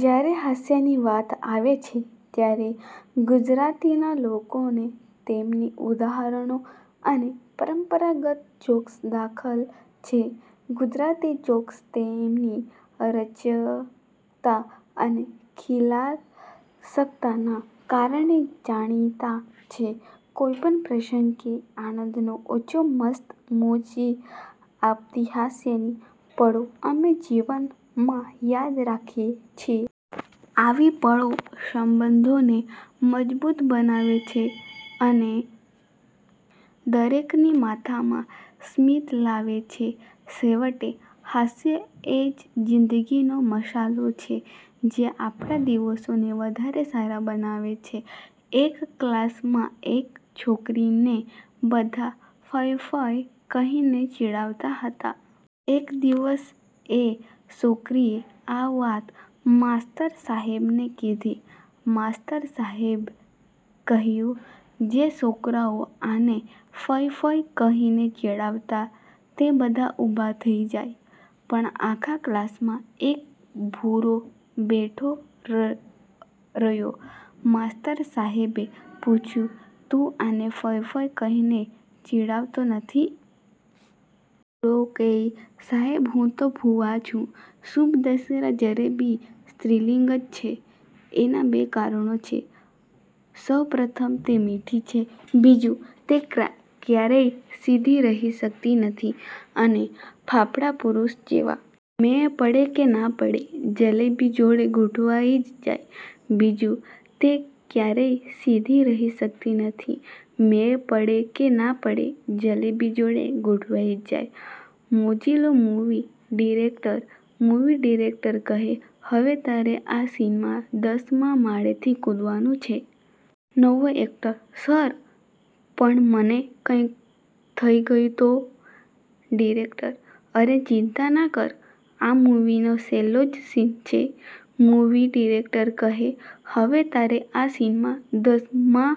જ્યારે હાસ્યની વાત આવે છે, ત્યારે ગુજરાતીના લોકોને તેમની ઉદાહરણો અને પરંપરાગત જોક્સ દખલ છે. ગુજરાતી જોક્સ તેમની રંજકતા અને નિખાલસતાના કારણે જાણીતા છે. કોઈપણ પ્રસંગ કે આનંદનો ઊંચો મસ્ત મોજ આપતી હાસ્યની પળો અમે જીવનમાં યાદ રાખીએ છીએ. આવી પળો સંબંધોને મજબૂત બનાવે છે અને દરેકની માથામાં સ્મિત લાવે છે. છેવટે, હાસ્ય એ જ જિંદગીનો મસાલો છે, જે આપણા દિવસોને વધારે સારા બનાવે છે. એક ક્લાસ માં એક છોકરી ને બધા "ફય" "ફય" કહી ને ચીડવતા હતા. એક દિવસ એ છોકરીએ આ વાત માસ્તર સાહેબ ને કિધી. માસ્તર સાહેબ કહ્યું: જે છોકરાઓ આને,"ફય" "ફય" કહી ને ચીડવતા તે બધા ઊભા થઈ જાય. પણ આખા ક્લાસમાં એક ભૂરો બેઠો રયો. માસ્તર સહેબે પૂછ્યું: તું આને "ફય" "ફય" કહી ને ચીડવતો નથી? ભૂરો કયે: સાયબ હું તો "ફુવા" છું. શુભ દશેરા જલેબી સ્ત્રીલિંગ જ છે.. એના બે કારણો છે.. સૌ પ્રથમ તે મીઠી છે, બીજું, તે ક્યારેય સીધી રહી શકતી નથી.. અને ફાફડા પુરુષ જેવા? મેળ પડે કે ના પડે જલેબી જોડે ગોઠવાઈ જ જાય.. બીજું, તે ક્યારેય સીધી રહી શકતી નથી.. મેળ પડે કે ના પડે જલેબી જોડે ગોઠવાઈ જ જાય.. મોજીલો મુવી ડિરેકટર મુવી ડિરેકટર કહે: હવે તારે આ સીનમાં દસ માં માળેથી કૂદવાનું છે. નવો એકટર: સર, પણ મને કંઇ થઇ ગયું તો? ડિરેકટર: અરે ચિંતા ના કર, આ મુવીનો છેલ્લો જ સીન છે. મુવી ડિરેકટર કહે: હવે તારે આ સીનમાં દસ માં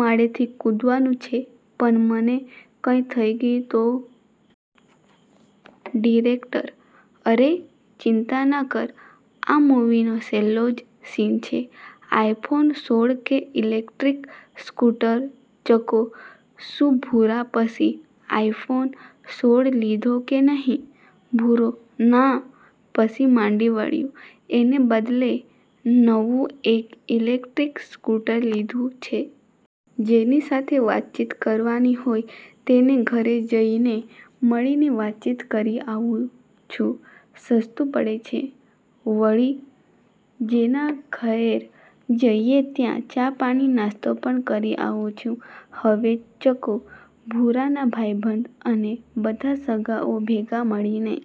માળેથી કૂદવાનું છે. પણ મને કંઇ થઇ ગયું તો? ડિરેકટર: અરે ચિંતા ના કર, આ મુવીનો છેલ્લો જ સીન છે. આઈફોન સોળ કે ઇલેકટ્રીક સ્કૂટર ચકો: શું ભૂરા પછી "આઈફોન સોળ" લીધો કે નહિ? ભૂરો: ના, પછી માંડી વાળ્યું. એને બદલે નવું એક "ઇલેકટ્રીક સ્કૂટર" લીધું છે. જેની સાથે વાતચીત કરવાની હોય તેને ઘરે જઈ ને મળીને વાતચીત કરી આવું છું. સસ્તું પડે છે, વળી જેના ઘેર જઈએ ત્યાં ચા-પાણી-નાસ્તો પણ કરી આવું છું. હવે ચકો, ભૂરાના ભાઈબંધ અને બધા સગાઓ ભેગા મળીને